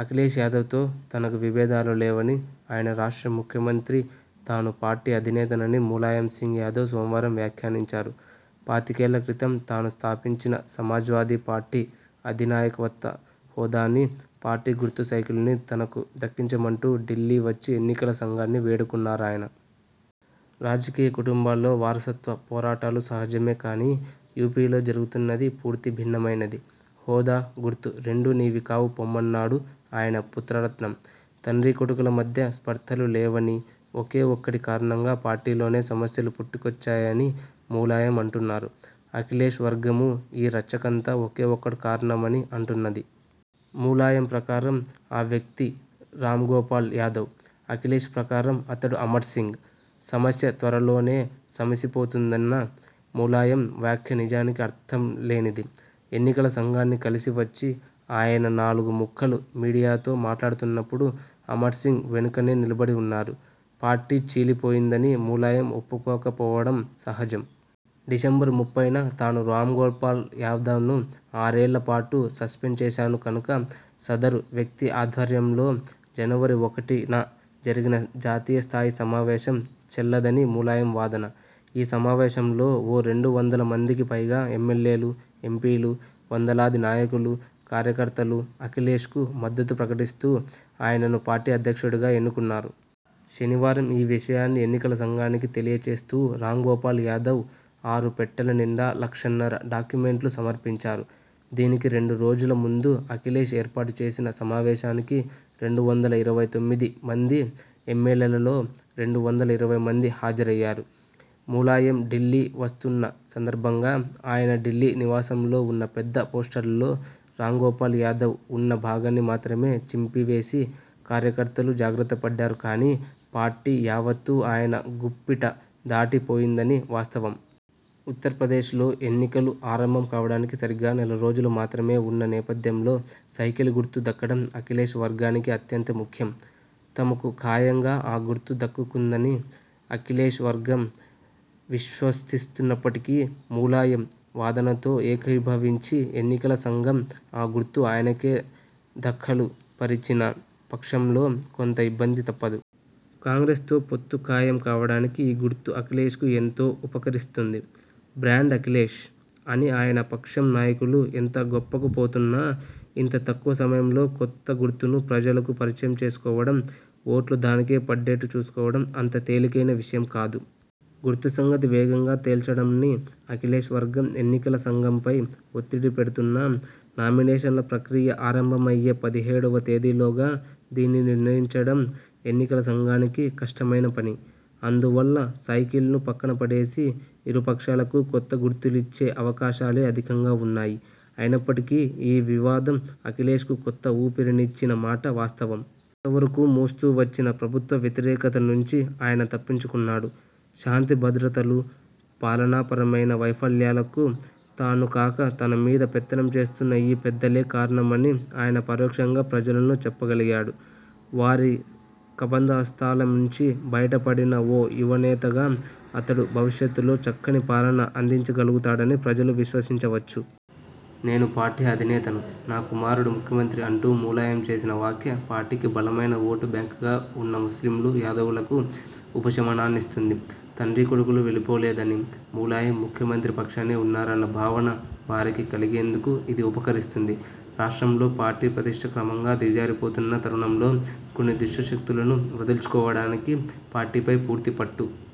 అఖిలేష్ యాదవ్తో తనకు విభేదాలు లేవనీ, ఆయన రాష్ట్ర ముఖ్యమంత్రి, తాను పార్టీ అధినేతనని ములాయం సింగ్ యాదవ్ సోమవారం వ్యాఖ్యానించారు. పాతికేళ్ళ క్రితం తాను స్థాపించిన సమాజ్వాదీ పార్టీ అధినాయకత్వ హోదానీ, పార్టీ గుర్తు సైకిల్నూ తనకు దక్కించమంటూ ఢిల్లీ వచ్చి ఎన్నికల సంఘాన్ని వేడుకున్నారాయన. రాజకీయ కుటుంబాల్లో వారసత్వ పోరాటాలు సహజమే కానీ, యూపీలో జరుగుతున్నది పూర్తి భిన్నమైనది. హోదా, గుర్తు రెండూ నీవి కావు పొమ్మన్నాడు ఆయన పుత్రరత్నం. తండ్రీకొడుకుల మధ్య స్పర్థలు లేవనీ, ఒకే ఒక్కడి కారణంగా పార్టీలోనే సమస్యలు పుట్టుకొచ్చాయని ములాయం అంటున్నారు. అఖిలేష్ వర్గమూ ఈ రచ్చకంతా ఒకే ఒక్కడు కారణమని అంటున్నది. ములాయం ప్రకారం ఆ వ్యక్తి రామ్గోపాల్ యాదవ్. అఖిలేష్ ప్రకారం అతడు అమర్సింగ్. సమస్య త్వరలోనే సమసిపోతుందన్న ములాయం వ్యాఖ్య నిజానికి అర్థంలేనిది. ఎన్నికల సంఘాన్ని కలిసి వచ్చి ఆయన నాలుగు ముక్కలు మీడియాతో మాట్లాడుతున్నప్పుడు అమర్సింగ్ వెనుకనే నిలబడి ఉన్నారు. పార్టీ చీలిపోయిందని ములాయం ఒప్పుకోక పోవడం సహజం. డిసెంబరు ముప్పైన తాను రామ్గోపాల్ యాదవ్ను ఆరేళ్ళ పాటు సస్పెండు చేశాను కనుక, సదరు వ్యక్తి ఆధ్వర్యంలో జనవరి ఒకటిన జరిగిన జాతీయ స్థాయి సమావేశం చెల్లదని ములాయం వాదన. ఈ సమావేశంలో ఓ రెండు వందల మందికి పైగా ఎమ్మెల్యేలూ, ఎంపీలు, వందలాది నాయకులూ కార్యకర్తలూ అఖిలేష్కు మద్దతు ప్రకటిస్తూ, ఆయనను పార్టీ అధ్యక్షుడిగా ఎన్నుకున్నారు. శనివారం ఈ విషయాన్ని ఎన్నికల సంఘానికి తెలియచేస్తూ రామ్గోపాల్ యాదవ్ ఆరు పెట్టెల నిండా లక్షన్నర డాక్యుమెంట్లు సమర్పించారు. దీనికి రెండు రోజుల ముందు అఖిలేష్ ఏర్పాటుచేసిన సమావేశానికి రెండు వందల ఇరవై తొమ్మిది మంది ఎమ్మెల్యేలలో రెండు వందల ఇరవై మంది హాజరయ్యారు. ములాయం ఢిల్లీ వస్తున్న సందర్భంగా ఆయన ఢిల్లీ నివాసంలో ఉన్న పెద్ద పోస్టర్లో రామ్గోపాల్ యాదవ్ ఉన్న భాగాన్ని మాత్రమే చింపివేసి కార్యకర్తలు జాగ్రత్త పడ్డారు కానీ, పార్టీ యావత్తూ ఆయన గుప్పిట దాటి పోయిందన్నది వాస్తవం. ఉత్తరప్రదేశ్లో ఎన్నికలు ఆరంభం కావడానికి సరిగ్గా నెల రోజులు మాత్రమే ఉన్న నేపథ్యంలో, సైకిల్ గుర్తు దక్కడం అఖిలేష్ వర్గానికి అత్యంత ముఖ్యం. తమకు ఖాయంగా ఆ గుర్తు దక్కుతుందని అఖిలేష్వర్గం విశ్వసిస్తున్నప్పటికీ, ములాయం వాదనతో ఏకీభవించి ఎన్నికల సంఘం ఆ గుర్తు ఆయనకే దఖలు పరచిన పక్షంలో కొంత ఇబ్బంది తప్పదు. కాంగ్రెస్తో పొత్తు ఖాయం కావడానికి ఈ గుర్తు అఖిలేష్కు ఎంతో ఉపకరిస్తుంది. 'బ్రాండ్ అఖిలేష్' అని ఆయన పక్షం నాయకులు ఎంత గొప్పకు పోతున్నా, ఇంత తక్కువ సమయంలో కొత్త గుర్తును ప్రజలకు పరిచయం చేసుకోవడం, ఓట్లు దానికే పడేట్టు చూసుకోవడం అంత తేలికైన విషయం కాదు. గుర్తు సంగతి వేగంగా తేల్చండని అఖిలేష్ వర్గం ఎన్నికల సంఘంపై ఒత్తిడి పెడుతున్నా, నామినేషన్ల ప్రక్రియ ఆరంభమయ్యే పదిహేడువ తేదీలోగా దీనిని నిర్ణయించడం ఎన్నికల సంఘానికి కష్టమైన పని. అందువల్ల, సైకిల్ను పక్కన పడేసి, ఇరు పక్షాలకూ కొత్త గుర్తులిచ్చే అవకాశాలే అధికంగా ఉన్నాయి. అయినప్పటికీ, ఈ వివాదం అఖిలేష్కు కొత్త ఊపిరినిచ్చిన మాట వాస్తవం. అంతవరకూ మోస్తూ వచ్చిన ప్రభుత్వ వ్యతిరేకత నుంచి ఆయన తప్పించుకున్నాడు. శాంతి భద్రతలు, పాలనాపరమైన వైఫల్యాలకు తాను కాక, తనమీద పెత్తనం చేస్తున్న ఈ పెద్దలే కారణమని ఆయన పరోక్షంగా ప్రజలకు చెప్పగలిగాడు. వారి కబంధహస్తాల నుంచి బయట పడిన ఒక యువనేతగా అతడు భవిష్యత్తులో చక్కని పాలన అందించగలుగుతాడని ప్రజలు విశ్వసించవచ్చు. నేను పార్టీ అధినేతను, నా కుమారుడు ముఖ్యమంత్రి అంటూ ములాయం చేసిన వ్యాఖ్య పార్టీకి బలమైన ఓటు బ్యాంకుగా ఉన్న ముస్లింలు, యాదవులకు ఉపశమనాన్నిస్తుంది. తండ్రీకొడుకులు విడిపోలేదనీ, ములాయం ముఖ్యమంత్రి పక్షానే ఉన్నారన్న భావన వారికి కలిగేందుకు ఇది ఉపకరిస్తుంది. రాష్ట్రంలో పార్టీ ప్రతిష్ఠ క్రమంగా దిగజారిపోతున్న తరుణంలో కొన్ని దుష్ట శక్తులను వదల్చుకోవడానికీ, పార్టీపై పూర్తి పట్టు